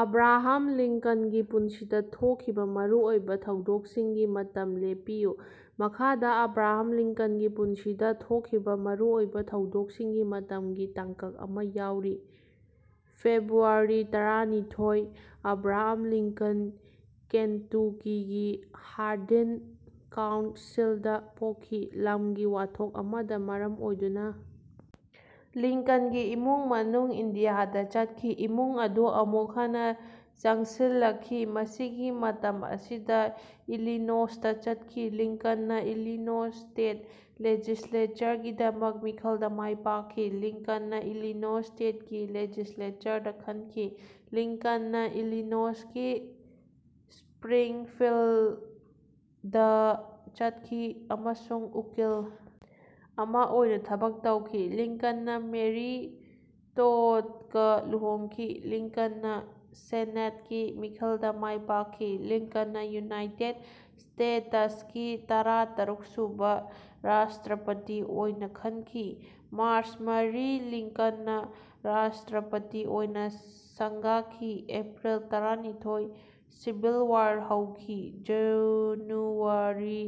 Abraham ꯂꯤꯡꯀꯟꯒꯤ ꯄꯨꯟꯁꯤꯗ ꯊꯣꯛꯈꯤꯕ ꯃꯔꯨꯑꯣꯏꯕ ꯊꯧꯗꯣꯛꯁꯤꯡꯒꯤ ꯃꯇꯝ ꯂꯦꯞꯄꯤꯌꯨ꯫ ꯃꯈꯥꯗ ꯑꯕ꯭ꯔꯥꯍꯥꯝ ꯂꯤꯡꯀꯟꯒꯤ ꯄꯨꯟꯁꯤꯗ ꯊꯣꯛꯈꯤꯕ ꯃꯔꯨꯑꯣꯏꯕ ꯊꯧꯗꯣꯛꯁꯤꯡꯒꯤ ꯃꯇꯝꯒꯤ ꯇꯥꯡꯀꯛ ꯑꯃ ꯌꯥꯎꯔꯤ: ꯐꯦꯕ꯭ꯔꯨꯋꯥꯔꯤ ꯇꯔꯥꯅꯤꯊꯣꯏ, ꯑꯦꯕ꯭ꯔꯥꯍꯥꯝ ꯂꯤꯡꯀꯟ ꯀꯦꯟꯇꯨꯀꯤꯒꯤ ꯍꯥꯔꯗꯤꯟ ꯀꯥꯎꯟꯁꯤꯜꯗ ꯄꯣꯛꯈꯤ꯫ ꯂꯝꯒꯤ ꯋꯥꯊꯣꯛ ꯑꯃꯅ ꯃꯔꯝ ꯑꯣꯏꯗꯨꯅ ꯂꯤꯡꯀꯟꯒꯤ ꯏꯃꯨꯡ ꯃꯅꯨꯡ ꯏꯟꯗꯤꯌꯥꯗ ꯆꯠꯈꯤ꯫ ꯏꯃꯨꯡ ꯑꯗꯨ ꯑꯃꯨꯛ ꯍꯟꯅ ꯆꯪꯁꯤꯜꯂꯛꯈꯤ, ꯃꯁꯤꯒꯤ ꯃꯇꯝ ꯑꯁꯤꯗ ꯏꯂꯤꯅꯣꯁꯇ ꯆꯠꯈꯤ꯫ ꯂꯤꯡꯀꯟꯅ ꯏꯂꯤꯅꯣꯏꯁ ꯁ꯭ꯇꯦꯠ ꯂꯦꯖꯤꯁꯂꯦꯆꯔꯒꯤꯗꯃꯛ ꯃꯤꯈꯜꯗ ꯃꯥꯏ ꯄꯥꯛꯈꯤ꯫ ꯂꯤꯡꯀꯟꯅ ꯏꯂꯤꯅꯣꯁ ꯁ꯭ꯇꯦꯠꯀꯤ ꯂꯦꯖꯤꯁꯂꯦꯆꯔꯗ ꯈꯟꯈꯤ꯫ ꯂꯤꯡꯀꯟꯅ ꯏꯂꯤꯅꯣꯁꯀꯤ ꯁ꯭ꯄꯔꯤꯡꯐꯤꯜꯗꯗ ꯆꯠꯈꯤ ꯑꯃꯁꯨꯡ ꯎꯀꯤꯜ ꯑꯃ ꯑꯣꯏꯅ ꯊꯕꯛ ꯇꯧꯈꯤ꯫ ꯂꯤꯡꯀꯟꯅ ꯃꯦꯔꯤ ꯇꯣꯗꯒ ꯂꯨꯍꯣꯡꯈꯤ꯫ ꯂꯤꯡꯀꯟꯅ ꯁꯦꯅꯦꯠꯀꯤ ꯃꯤꯈꯜꯗ ꯃꯥꯏ ꯄꯥꯛꯈꯤ꯫ ꯂꯤꯡꯀꯟꯅ ꯌꯨꯅꯥꯏꯇꯦꯗ ꯁ꯭ꯇꯦꯇꯁꯀꯤ ꯇꯔꯥꯇꯔꯨꯛꯁꯨꯕ ꯔꯥꯁꯇ꯭ꯔꯄꯇꯤ ꯑꯣꯏꯅ ꯈꯟꯈꯤ꯫ ꯃꯥꯔꯆ ꯃꯔꯤ, ꯂꯤꯡꯀꯟꯅ ꯔꯥꯁꯇ꯭ꯔꯄꯇꯤ ꯑꯣꯏꯅ ꯁꯪꯒꯥꯈꯤ꯫ ꯑꯦꯄ꯭ꯔꯤꯜ ꯇꯔꯥꯅꯤꯊꯣꯏ, ꯁꯤꯚꯤꯜ ꯋꯥꯔ ꯍꯧꯈꯤ꯫ ꯖꯅꯨꯋꯥꯔꯤ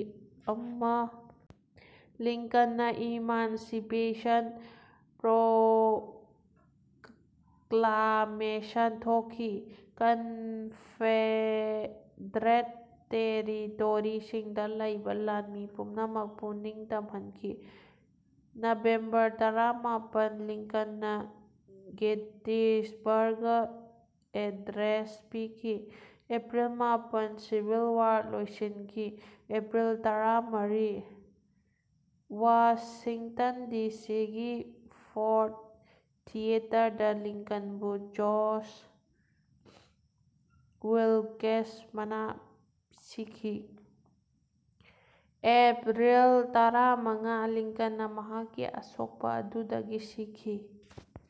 ꯑꯃ, ꯂꯤꯡꯀꯟꯅ ꯏꯃꯥꯟꯁꯤꯄꯦꯁꯟ ꯄ꯭ꯔꯣꯀ꯭ꯂꯥꯃꯦꯁꯟ ꯊꯣꯛꯈꯤ, ꯀꯟꯐꯦꯗ꯭ꯔꯦꯠ ꯇꯦꯔꯤꯇꯣꯔꯤꯁꯤꯡꯗ ꯂꯩꯕ ꯂꯥꯟꯃꯤ ꯄꯨꯝꯅꯃꯛꯄꯨ ꯅꯤꯡꯇꯝꯍꯟꯈꯤ꯫ ꯅꯕꯦꯝꯕꯔ ꯇꯔꯥꯃꯥꯄꯜ, ꯂꯤꯡꯀꯟꯅ ꯒꯦꯇꯤꯁꯕꯔꯒ ꯑꯦꯗ꯭ꯔꯦꯁ ꯄꯤꯈꯤ꯫ ꯑꯦꯄ꯭ꯔꯤꯜ ꯃꯥꯄꯜ, ꯁꯤꯚꯤꯜ ꯋꯥꯔ ꯂꯣꯏꯁꯤꯟꯈꯤ꯫ ꯑꯦꯄ꯭ꯔꯤꯜ ꯇꯔꯥꯃꯔꯤ, ꯋꯥꯁꯤꯡꯇꯟ ꯗꯤ ꯁꯤ ꯒꯤ ꯐꯣꯔꯗ ꯊꯤꯌꯦꯇꯔꯗ ꯂꯤꯡꯀꯟꯕꯨ ꯖꯣꯟꯁ ꯋꯤꯜꯀꯦꯁ ꯃꯅꯥ ꯁꯤꯈꯤ꯫ ꯑꯦꯞꯔꯤꯜ ꯇꯔꯥꯃꯉꯥ, ꯂꯤꯡꯀꯟꯅ ꯃꯍꯥꯛꯀꯤ ꯑꯁꯣꯛꯄ ꯑꯗꯨꯗꯒꯤ ꯁꯤꯈꯤ꯫